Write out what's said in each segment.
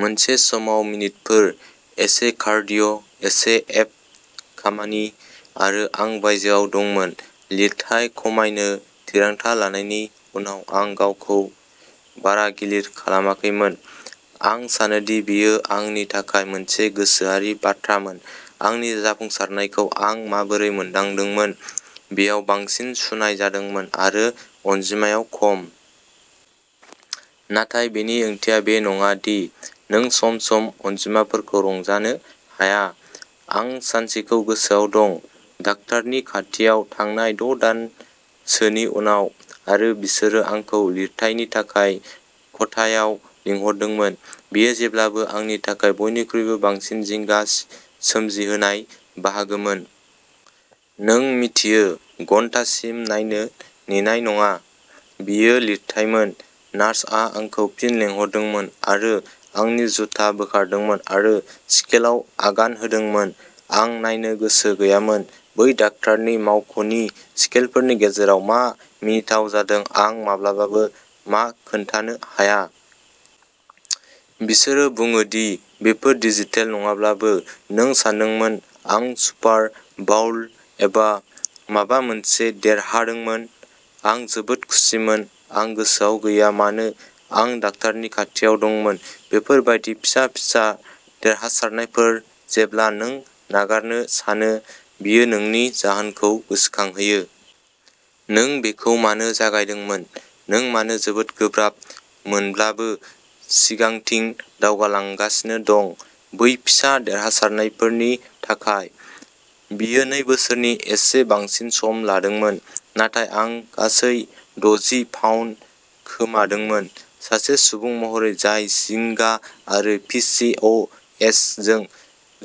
मोनसे समाव मिनिटफोर। एसे कारडिय', एसे एब खामानि आरो आं बायजोआव दंमोन। लिरथाय खमायनो थिरांथा लानायनि उनाव आं गावखौ बारा गिलिर खालामाखैमोन। आं सानोदि बेयो आंनि थाखाय मोनसे गोसोआरि बाथ्रामोन। आंनि जाफुंसारनायखौ आं माबोरै मोनदांदोंमोन बेयाव बांसिन सुनाय जादोंमो आरो अनजिमायाव खम। नाथाय बेनि ओंथिया बे नङा दि नों सम-सम अनजिमाफोरखौ रंजानो हाया। आं सानसेखौ गोसोआव दं। दाकतारनि खाथियाव थांनाय द’ दान सोनि उनाव आरो बिसोरो आंखौ लिरथायनि थाखाय खथायाव लिंहरदोंमोन। बेयो जेब्लाबो आंनि थाखाय बयनिख्रुइबो बांसिन जिंगा सोमजिहोनाय बाहागोमोन। नों मिथियो घन्टासिम नायनो नेनाय नङा। बेयो लिरथायमोन। नार्सआ आंखौ फिन लिंहरदोंमोन आरो आंनि जुथा बोखारदोंमोन आरो स्केलआव आगान होदोंमोन। आं नायनो गोसो गैयामोन। बै दाकतारनि मावख'नि स्केलफोरनि गेजेराव मा मिनिथाव जादों आं माब्लाबाबो मा खोनथानो हाया। बिसोरो बुङो दि बेफोर डिजिटेल नङाब्लाबो। नों सानदोंमोन आं सुपार बाउल एबा माबा मोनसे देरहादोंमोन। आं जोबोद खुसिमोन। आं गोसोआव गैया मानो आं डाक्टारनि खाथियाव दंमोन। बेफोर बायदि फिसा फिसा देरहासारनायफोर जेब्ला नों नागारनो सानो बेयो नोंनि जाहोनखौ गोसोखांहोयो। नों बेखौ मानो जागायदोंमोन। नों मानो जोबोद गोब्राब मोनब्लाबो सिगांथिं दावगालांगासिनो दं। बै फिसा देरहासारनायफोरनि थाखाय। बेयो नै बोसोरनि एसे बांसिन सम लादोंमोन। नाथाय आं गासै दजि पाउन्द खोमादोंमोन। सासे सुबुं महरै जाय जिंगा आरो पि चि अ एस जों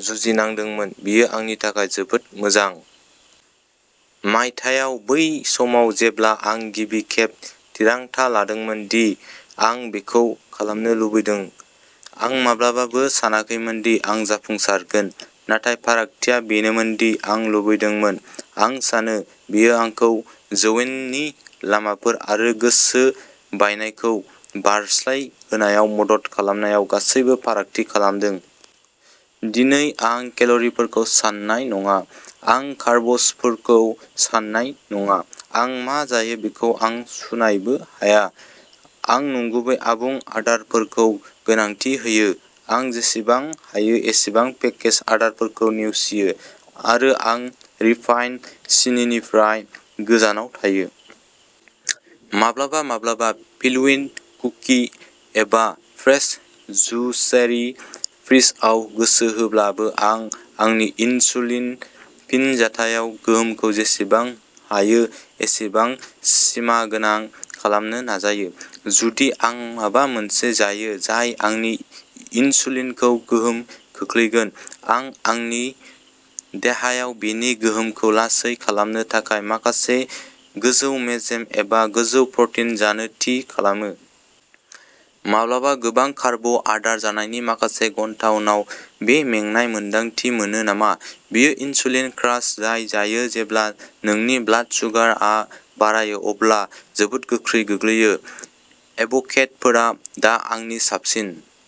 जुजिनांदोंमोन बेयो आंनि थाखाय जोबोद मोजां। मायथाइयाव बै समाव जेब्ला आं गिबि खेब थिरांथा लादोंमोन दि आं बेखौ खालामनो लुबैदों। आं माब्लाबाबो सानाखैमोनदि आं जाफुंसारगोन। नाथाय फारागथिया बेनोमोनदि आं लुबैदोंमोन। आं सानो, बेयो आंखौ जौयेननि लामाफोर आरो गोसो बायनायखौ बारस्लायहोनायाव मदद खालामनायाव गासैबो फारागथि खालामदोंमोन। दिनै आं केल'रिफोरखौ साननाय नङा। आं कार्बसफोरखौ साननाय नङा। आं मा जायो बेखौ आं सुनायबो हाया। आं नंगुबै आबुं आदारफोरखौ गोनांथि होयो। आं जेसेबां हायो एसेबां पेकेज आदारफोरखौ नेवसियो आरो आं रिफाइन्ड सिनिनिफ्राय गोजानाव थायो। माब्लाबा-माब्लाबा पेलिय'कुकि एबा प्रेस्ड जुसेरि फ्रिजआव गोसो होब्लाबो आं आंनि इनसुलिन फिनजाथायाव गोहोमखौ जेसेबां हायो एसेबां सिमागोनां खालामनो नाजायो। जुदि आं माबा मोनसे जायो जाय आंनि इनसुलिनखौ गोहोम खोख्लैगोन। आं आंनि देहायाव बेनि गोहोमखौ लासै खालामनो थाखाय माखासे गोजौ मेजेम एबा गोजौ प्रटिन जानो थि खालामो। माब्लाबा गोबां कार्ब आदार जानायनि माखासे घन्टा उनाव बे मेंनाय मोन्दांथि मोनो नामा? बेयो इनसुलिन क्रास जाय जायो जेब्ला नोंनि ब्लाड सुगारआ बारायो अब्ला जोबोद गोख्रै गोग्लैयो। एभ'केड'फोरा दा आंनि साबसिन।